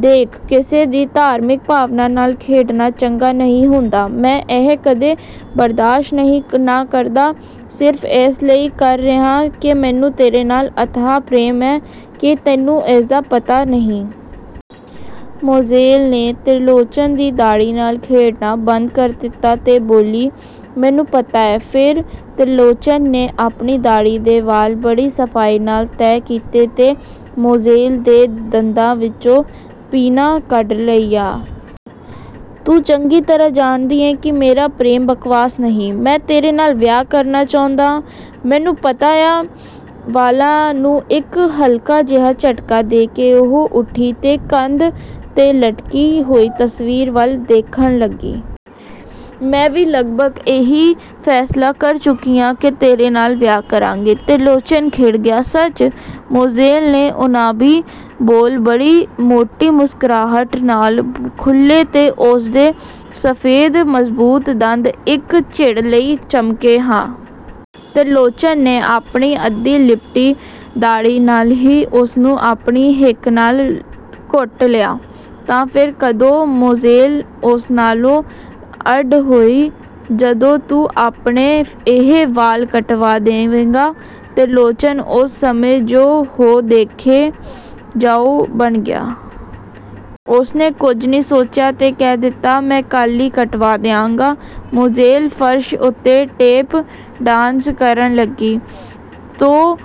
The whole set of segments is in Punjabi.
ਦੇਖ, ਕਿਸੇ ਦੀ ਧਾਰਮਿਕ ਭਾਵਨਾ ਨਾਲ ਖੇਡਣਾ ਚੰਗਾ ਨਹੀਂ ਹੁੰਦਾ। ਮੈਂ ਇਹ ਕਦੀ ਬਰਦਾਸ਼ ਨਹੀਂ ਨਾ ਕਰਦਾ, ਸਿਰਫ ਇਸ ਲਈ ਕਰ ਰਿਹਾਂ ਕਿ ਮੈਨੂੰ ਤੇਰੇ ਨਾਲ ਅਥਾਹ ਪ੍ਰੇਮ ਏਂ। ਕੀ ਤੈਨੂੰ ਇਸਦਾ ਪਤਾ ਨਹੀਂ? ਮੋਜ਼ੇਲ ਨੇ ਤਿਰਲੋਚਨ ਦੀ ਦਾੜ੍ਹੀ ਨਾਲ ਖੇਡਣਾ ਬੰਦ ਕਰ ਦਿੱਤਾ ਤੇ ਬੋਲੀ, "ਮੈਨੂੰ ਪਤਾ ਏ। " "ਫੇਰ? " ਤਿਰਲੋਚਨ ਨੇ ਆਪਣੀ ਦਾੜ੍ਹੀ ਦੇ ਵਾਲ ਬੜੀ ਸਫ਼ਾਈ ਨਾਲ ਤੈਹ ਕੀਤੇ ਤੇ ਮੋਜ਼ੇਲ ਦੇ ਦੰਦਾਂ ਵਿਚੋਂ ਪਿੰਨਾਂ ਕੱਢ ਲਈਆਂ। "ਤੂੰ ਚੰਗੀ ਤਰ੍ਹਾਂ ਜਾਣਦੀ ਏਂ ਕਿ ਮੇਰਾ ਪ੍ਰੇਮ ਬਕਵਾਸ ਨਹੀਂ। ਮੈਂ ਤੇਰੇ ਨਾਲ ਵਿਆਹ ਕਰਨਾ ਚਾਹੁੰਦਾ ਆਂ। " "ਮੈਨੂੰ ਪਤਾ ਐ। " ਵਾਲਾਂ ਨੂੰ ਇਕ ਹਲਕਾ ਜਿਹਾ ਝਟਕਾ ਦੇ ਕੇ ਉਹ ਉੱਠੀ ਤੇ ਕੰਧ 'ਤੇ ਲਟਕੀ ਹੋਈ ਤਸਵੀਰ ਵੱਲ ਦੇਖਣ ਲੱਗੀ। "ਮੈਂ ਵੀ ਲਗਭਗ ਇਹੀ ਫ਼ੈਸਲਾ ਕਰ ਚੁੱਕੀ ਆਂ ਕਿ ਤੇਰੇ ਨਾਲ ਵਿਆਹ ਕਰਾਂਗੀ। " ਤਿਰਲੋਚਨ ਖਿੜ ਗਿਆ, "ਸੱਚ? " ਮੋਜ਼ੇਲ ਦੇ ਉਨਾਬੀ ਬੁੱਲ੍ਹ ਬੜੀ ਮੋਟੀ ਮੁਸਕਰਾਹਟ ਨਾਲ ਖੁੱਲ੍ਹੇ ਤੇ ਉਸਦੇ ਸਫ਼ੇਦ ਮਜ਼ਬੂਤ ਦੰਦ ਇਕ ਛਿਣ ਲਈ ਚਮਕੇ, "ਹਾਂ। " ਤਿਰਲੋਚਨ ਨੇ ਆਪਣੀ ਅੱਧੀ ਲਿਪਟੀ ਦਾੜ੍ਹੀ ਨਾਲ ਹੀ ਉਸਨੂੰ ਆਪਣੀ ਹਿੱਕ ਨਾਲ ਘੁੱਟ ਲਿਆ, "ਤਾਂ, ਫੇਰ, ਕਦੋਂ? " ਮੋਜ਼ੇਲ ਉਸ ਨਾਲੋਂ ਅੱਡ ਹੋਈ। ਜਦੋਂ ਤੂੰ ਆਪਣੇ ਇਹ ਵਾਲ ਕਟਵਾ ਦਵੇਂਗਾ। " ਤਿਰਲੋਚਨ ਉਸ ਸਮੇਂ 'ਜੋ ਹੋਊ, ਦੇਖੀ ਜਾਊ' ਬਣ ਗਿਆ। ਉਸਨੇ ਕੁਝ ਨਹੀਂ ਸੋਚਿਆ ਤੇ ਕਹਿ ਦਿੱਤਾ, "ਮੈਂ ਕਲ੍ਹ ਈ ਕਟਵਾ ਦਿਆਂਗਾ। " ਮੋਜ਼ੇਲ ਫਰਸ਼ ਉੱਤੇ ਟੇਪ ਡਾਂਸ ਕਰਨ ਲੱਗੀ। "ਤੂੰ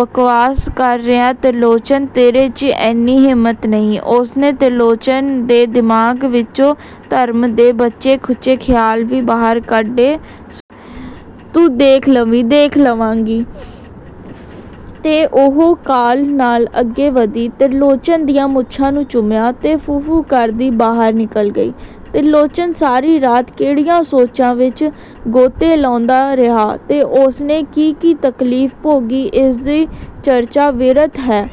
ਬਕਵਾਸ ਕਰ ਰਿਹਾ ਤਿਰਲੋਚਨ! ਤੇਰੇ 'ਚ ਐਨੀ ਹਿੰਮਤ ਨਹੀਂ। " ਉਸਨੇ ਤਿਰਲੋਚਨ ਦੇ ਦਿਮਾਗ ਵਿਚੋਂ ਧਰਮ ਦੇ ਬਚੇ-ਖੁਚੇ ਖਿਆਲ ਵੀ ਬਾਹਰ ਕੱਢ। "ਤੂੰ ਦੇਖ ਲਵੀਂ। " "ਦੇਖ ਲਵਾਂਗੀ। " ਤੇ ਉਹ ਕਾਹਲ ਨਾਲ ਅੱਗੇ ਵਧੀ। ਤਿਰਲੋਚਨ ਦੀਆਂ ਮੁੱਛਾਂ ਨੂੰ ਚੁੰਮਿਆਂ ਤੇ 'ਫੂੰ-ਫੂੰ' ਕਰਦੀ ਬਾਹਰ ਨਿਕਲ ਗਈ। ਤਿਰਲੋਚਨ ਸਾਰੀ ਰਾਤ ਕਿਹੜੀਆਂ ਸੋਚਾਂ ਵਿਚ ਗੋਤੇ ਲਾਉਂਦਾ ਰਿਹਾ ਤੇ ਉਸਨੇ ਕੀ-ਕੀ ਤਕਲੀਫ਼ ਭੋਗੀ, ਇਸਦੀ ਚਰਚਾ ਵਿਅਰਥ ਹੈ,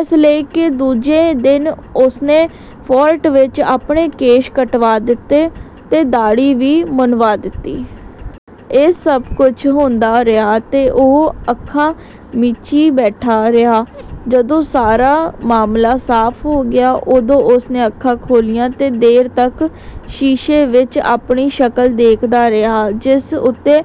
ਇਸ ਲਈ ਕਿ ਦੂਜੇ ਦਿਨ ਉਸਨੇ ਫੋਰਟ ਵਿਚ ਆਪਣੇ ਕੇਸ ਕਟਵਾ ਦਿੱਤੇ ਤੇ ਦਾੜ੍ਹੀ ਵੀ ਮੁੰਨਵਾ ਦਿੱਤੀ। ਇਸ ਸਭ ਕੁਛ ਹੁੰਦਾ ਰਿਹਾ ਤੇ ਉਹ ਅੱਖਾਂ ਮੀਚੀ ਬੈਠਾ ਰਿਹਾ। ਜਦੋਂ ਸਾਰਾ ਮਾਮਲਾ ਸਾਫ਼ ਹੋ ਗਿਆ, ਉਦੋਂ ਉਸਨੇ ਅੱਖਾਂ ਖੋਲ੍ਹੀਆਂ ਤੇ ਦੇਰ ਤੀਕ ਸ਼ੀਸ਼ੇ ਵਿਚ ਆਪਣੀ ਸ਼ਕਲ ਦੇਖਦਾ ਰਿਹਾ, ਜਿਸ ਉੱਤੇ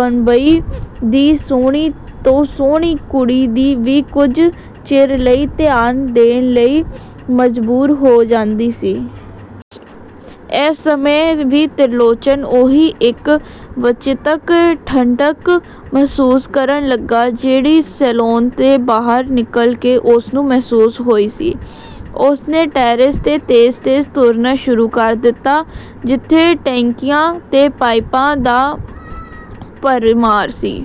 ਬੰਬਈ ਦੀ ਸੋਹਣੀ ਤੋਂ ਸੋਹਣੀ ਕੁੜੀ ਵੀ ਕੁਛ ਚਿਰ ਲਈ ਧਿਆਨ ਦੇਣ ਲਈ ਮਜਬੂਰ ਹੋ ਜਾਂਦੀ ਸੀ। ਇਸ ਸਮੇਂ ਵੀ ਤਿਰਲੋਚਨ ਉਹੀ ਇਕ ਵਚਿੱਤਰ ਠੰਢਕ ਮਹਿਸੂਸ ਕਰਨ ਲੱਗਾ, ਜਿਹੜੀ ਸੈਲੂਨ ਦੇ ਬਾਹਰ ਨਿਕਲ ਕੇ ਉਸਨੂੰ ਮਹਿਸੂਸ ਹੋਈ ਸੀ। ਉਸਨੇ ਟੈਰੇਸ 'ਤੇ ਤੇਜ਼-ਤੇਜ਼ ਤੁਰਨਾ ਸ਼ੁਰੂ ਕਰ ਦਿੱਤਾ, ਜਿੱਥੇ ਟੈਂਕੀਆਂ ਤੇ ਪਾਈਪਾਂ ਦੀ ਭਰਮਾਰ ਸੀ।